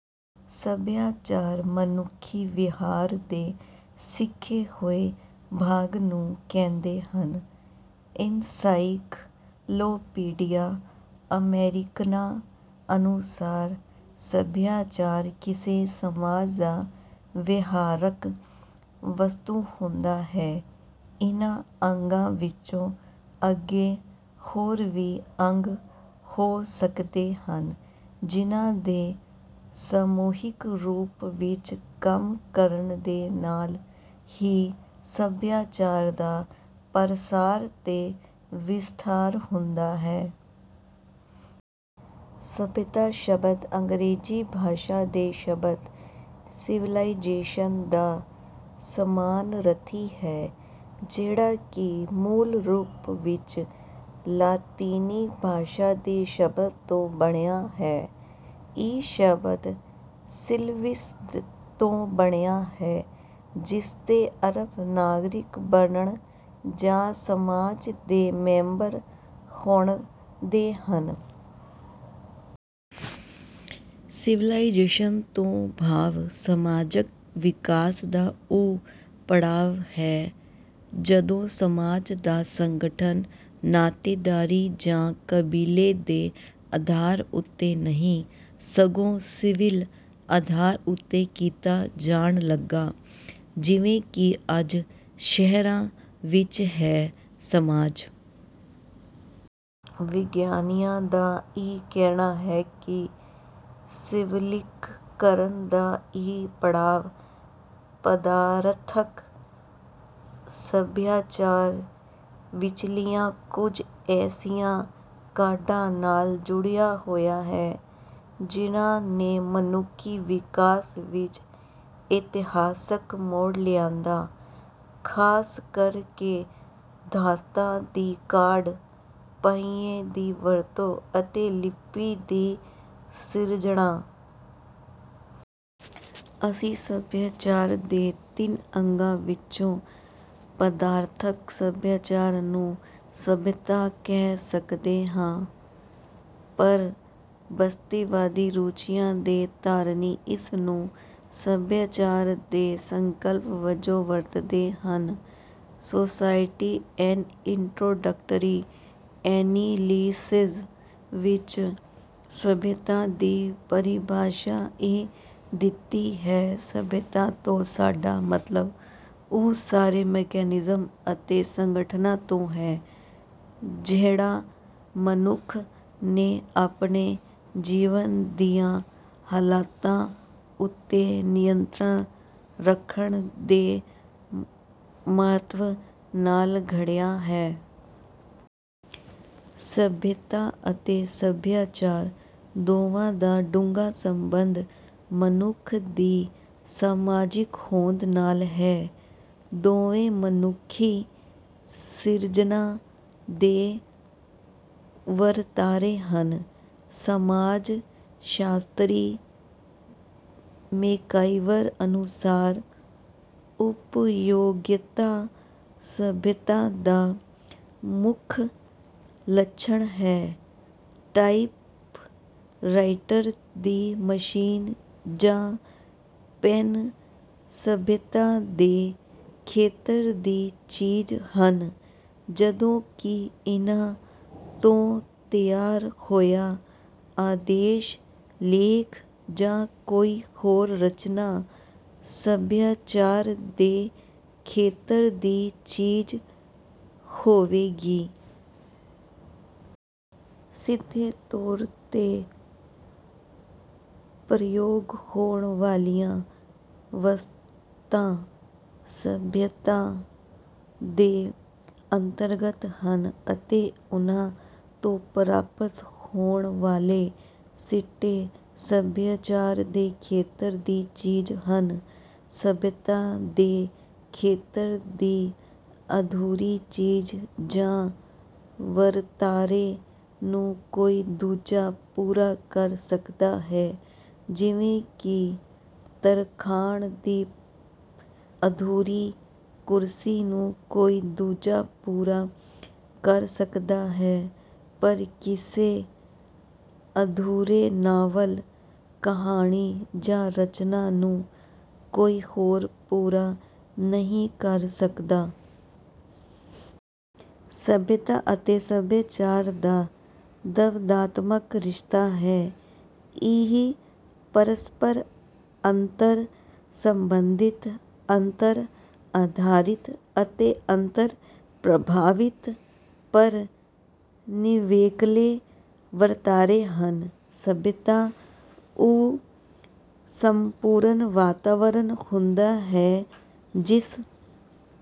ਸਭਿਆਚਾਰ ਮਨੁੱਖੀ ਵਿਹਾਰ ਦੇ ਸਿੱਖੇ ਹੋਏ ਭਾਗ ਨੂੰ ਕਹਿੰਦੇ ਹਨ। ਐਨਸਾਈਕਲੋਪੀਡੀਆ ਅਮੈਰਿਕਨਾ ਅਨੁਸਾਰ ਸਭਿਆਚਾਰ ਕਿਸੇ ਸਮਾਜ ਦਾ ਵਿਹਾਰਕ ਵਸਤੂ ਹੁੰਦਾ ਹੈ। ਇਹਨਾਂ ਅੰਗਾਂ ਵਿੱਚੋਂ ਅੱਗੇ ਹੋਰ ਵੀ ਅੰਗ ਹੋ ਸਕਦੇ ਹਨ ਜਿਹਨਾਂ ਦੇ ਸਮੂਹਿਕ ਰੂਪ ਵਿੱਚ ਕੰਮ ਕਰਨ ਦੇ ਨਾਲ ਹੀ ਸਭਿਆਚਾਰ ਦਾ ਪਸਾਰ ਤੇ ਵਿਸਥਾਰ ਹੁੰਦਾ ਹੈ। ਸਭਿਅਤਾ ਸ਼ਬਦ ਅੰਗਰੇਜ਼ੀ ਭਾਸ਼ਾ ਦੇ ਸ਼ਬਦ 'ਸਿਵਿਲਾਈਜ਼ੇਸ਼ਨ' ਦਾ ਸਮਾਨਰਥੀ ਹੈ, ਜਿਹੜਾ ਕਿ ਮੂਲ ਰੂਪ ਵਿੱਚ ਲਾਤੀਨੀ ਭਾਸ਼ਾ ਦੇ ਸ਼ਬਦ ਤੋਂ ਬਣਿਆ ਹੈ। ਇਹ ਸ਼ਬਦ 'ਸਿਲਵਿਸ' ਤੋਂ ਬਣਿਆ ਹੈ, ਜਿਸਦੇ ਅਰਥ ਨਾਗਰਿਕ ਬਣਨ ਜਾਂ ਸਮਾਜ ਦੇ ਮੈਂਬਰ ਹੋਣ ਦੇ ਹਨ। ਸਿਵਿਲਾਈਜ਼ੇਸ਼ਨ ਤੋਂ ਭਾਵ ਸਮਾਜਕ ਵਿਕਾਸ ਦਾ ਉਹ ਪੜਾਅ ਹੈ ਜਦੋਂ ਸਮਾਜ ਦਾ ਸੰਗਠਨ ਨਾਤੇਦਾਰੀ ਜਾਂ ਕਬੀਲੇ ਦੇ ਆਧਾਰ ਉੱਤੇ ਨਹੀਂ, ਸਗੋਂ ਸਿਵਿਲ ਆਧਾਰ ਉੱਤੇ ਕੀਤਾ ਜਾਣ ਲੱਗਾ, ਜਿਵੇਂ ਕਿ ਅੱਜ ਸ਼ਹਿਰਾਂ ਵਿੱਚ ਹੈ। ਸਮਾਜ ਵਿਗਿਆਨੀਆਂ ਦਾ ਇਹ ਕਹਿਣਾ ਹੈ ਕਿ ਸਿਵਿਲੀਕਰਨ ਦਾ ਇਹ ਪੜਾਅ ਪਦਾਰਥਕ ਸਭਿਆਚਾਰ ਵਿੱਚਲੀਆਂ ਕੁਝ ਐਸੀਆਂ ਕਾਢਾਂ ਨਾਲ ਜੁੜਿਆ ਹੋਇਆ ਹੈ, ਜਿਹਨਾਂ ਨੇ ਮਨੁੱਖੀ ਵਿਕਾਸ ਵਿੱਚ ਇਤਿਹਾਸਕ ਮੋੜ ਲਿਆਂਦਾ, ਖ਼ਾਸ ਕਰ ਕੇ ਧਾਤਾਂ ਦੀ ਕਾਢ, ਪਹੀਏ ਦੀ ਵਰਤੋਂ ਅਤੇ ਲਿਪੀ ਦੀ ਸਿਰਜਣਾ। ਅਸੀਂ ਸਭਿਆਚਾਰ ਦੇ ਤਿੰਨ ਅੰਗਾਂ ਵਿੱਚੋਂ ਪਦਾਰਥਕ ਸਭਿਆਚਾਰ ਨੂੰ ਸੱਭਿਅਤਾ ਕਹਿ ਸਕਦੇ ਹਾਂ, ਪਰ ਬਸਤੀਵਾਦੀ ਰੂਚੀਆਂ ਦੇ ਧਾਰਨੀ ਇਸ ਨੂੰ ਸਭਿਆਚਾਰ ਦੇ ਸੰਕਲਪ ਵਜੋਂ ਵਰਤਦੇ ਹਨ। ਸੁਸਾਇਟੀ, ਐਨ ਇੰਟਰੋਡਕਟਰੀ ਅਨੈਲਿਸਿਜ਼' ਵਿੱਚ ਸਭਿਅਤਾ ਦੀ ਪਰਿਭਾਸ਼ਾ ਇਹ ਦਿੱਤੀ ਹੈ ਸਭਿਅਤਾ ਤੋਂ ਸਾਡਾ ਮਤਲਬ ਉਸ ਸਾਰੇ ਮੈਕਾਨਿਜ਼ਮ ਅਤੇ ਸੰਗਠਨ ਤੋਂ ਹੈ, ਜਿਹੜਾ ਮਨੁੱਖ ਨੇ ਆਪਣੇ ਜੀਵਨ ਦੀਆਂ ਹਾਲਤਾਂ ਉੱਤੇ ਨਿਯੰਤਰਣ ਰੱਖਣ ਦੇ ਮਹਤਵ ਨਾਲ ਘੜਿਆ ਹੈ। ਸਭਿਅਤਾ ਅਤੇ ਸਭਿਆਚਾਰ ਦੋਵਾਂ ਦਾ ਡੂੰਘਾ ਸੰਬੰਧ ਮਨੁੱਖ ਦੀ ਸਮਾਜਿਕ ਹੋਂਦ ਨਾਲ ਹੈ। ਦੋਵੇਂ ਮਨੁੱਖੀ ਸਿਰਜਨਾ ਦੇ ਵਰਤਾਰੇ ਹਨ। ਸਮਾਜ ਸ਼ਾਸਤਰੀ ਮੈਕਾਈਵਰ ਅਨੁਸਾਰ ਉਪਯੋਗਤਾ ਸਭਿਅਤਾ ਦਾ ਮੁੱਖ ਲੱਛਣ ਹੈ। ਟਾਇਪ ਰਾਈਟਰ ਦੀ ਮਸ਼ੀਨ ਜਾਂ ਪੈਨ ਸਭਿਅਤਾ ਦੇ ਖੇਤਰ ਦੀ ਚੀਜ਼ ਹਨ ਜਦੋਂ ਕਿ ਇਹਨਾਂ ਤੋਂ ਤਿਆਰ ਹੋਇਆ ਆਦੇਸ਼ ਲੇਖ ਜਾਂ ਕੋਈ ਹੋਰ ਰਚਨਾ ਸਭਿਆਚਾਰ ਦੇ ਖੇਤਰ ਦੀ ਚੀਜ਼ ਹੋਵੇਗੀ। ਸਿੱਧੇ ਤੌਰ ਤੇ ਪ੍ਰਯੋਗ ਹੋਣ ਵਾਲੀਆਂ ਵਸਤਾਂ ਸਭਿਅਤਾ ਦੇ ਅੰਤਰਗਤ ਹਨ ਅਤੇ ਉਨ੍ਹਾਂ ਤੋਂ ਪ੍ਰਾਪਤ ਹੋਣ ਵਾਲੇ ਸਿੱਟੇ ਸਭਿਆਚਾਰ ਦੇ ਖੇਤਰ ਦੀ ਚੀਜ਼ ਹਨ। ਸਭਿਅਤਾ ਦੇ ਖੇਤਰ ਦੀ ਅਧੂਰੀ ਚੀਜ਼ ਜਾਂ ਵਰਤਾਰੇ ਨੂੰ ਕੋਈ ਦੂਜਾ ਪੂਰਾ ਕਰ ਸਕਦਾ ਹੈ ਜਿਵੇਂ ਕਿ ਤਰਖਾਣ ਦੀ ਅਧੂਰੀ ਕੁਰਸੀ ਨੂੰ ਕੋਈ ਦੂਜਾ ਪੂਰਾ ਕਰ ਸਕਦਾ ਹੈ, ਪਰ ਕਿਸੇ ਅਧੂਰੇ ਨਾਵਲ, ਕਹਾਣੀ ਜਾਂ ਰਚਨਾ ਨੂੰ ਕੋਈ ਹੋਰ ਪੂਰਾ ਨਹੀਂ ਕਰ ਸਕਦਾ। ਸਭਿਅਤਾ ਅਤੇ ਸਭਿਆਚਾਰ ਦਾ ਦਵੰਦਾਤਮਕ ਰਿਸ਼ਤਾ ਹੈ। ਇਹ ਪਰਸਪਰ ਅੰਤਰ-ਸੰਬੰਧਿਤ, ਅੰਤਰ-ਆਧਾਰਿਤ ਅਤੇ ਅੰਤਰ-ਪ੍ਰਭਾਵਿਤ ਪਰ ਨਿਵੇਕਲੇ ਵਰਤਾਰੇ ਹਨ। ਸਭਿਅਤਾ ਉਹ ਸੰਪੂਰਨ ਵਾਤਾਵਰਨ ਹੁੰਦਾ ਹੈ ਜਿਸ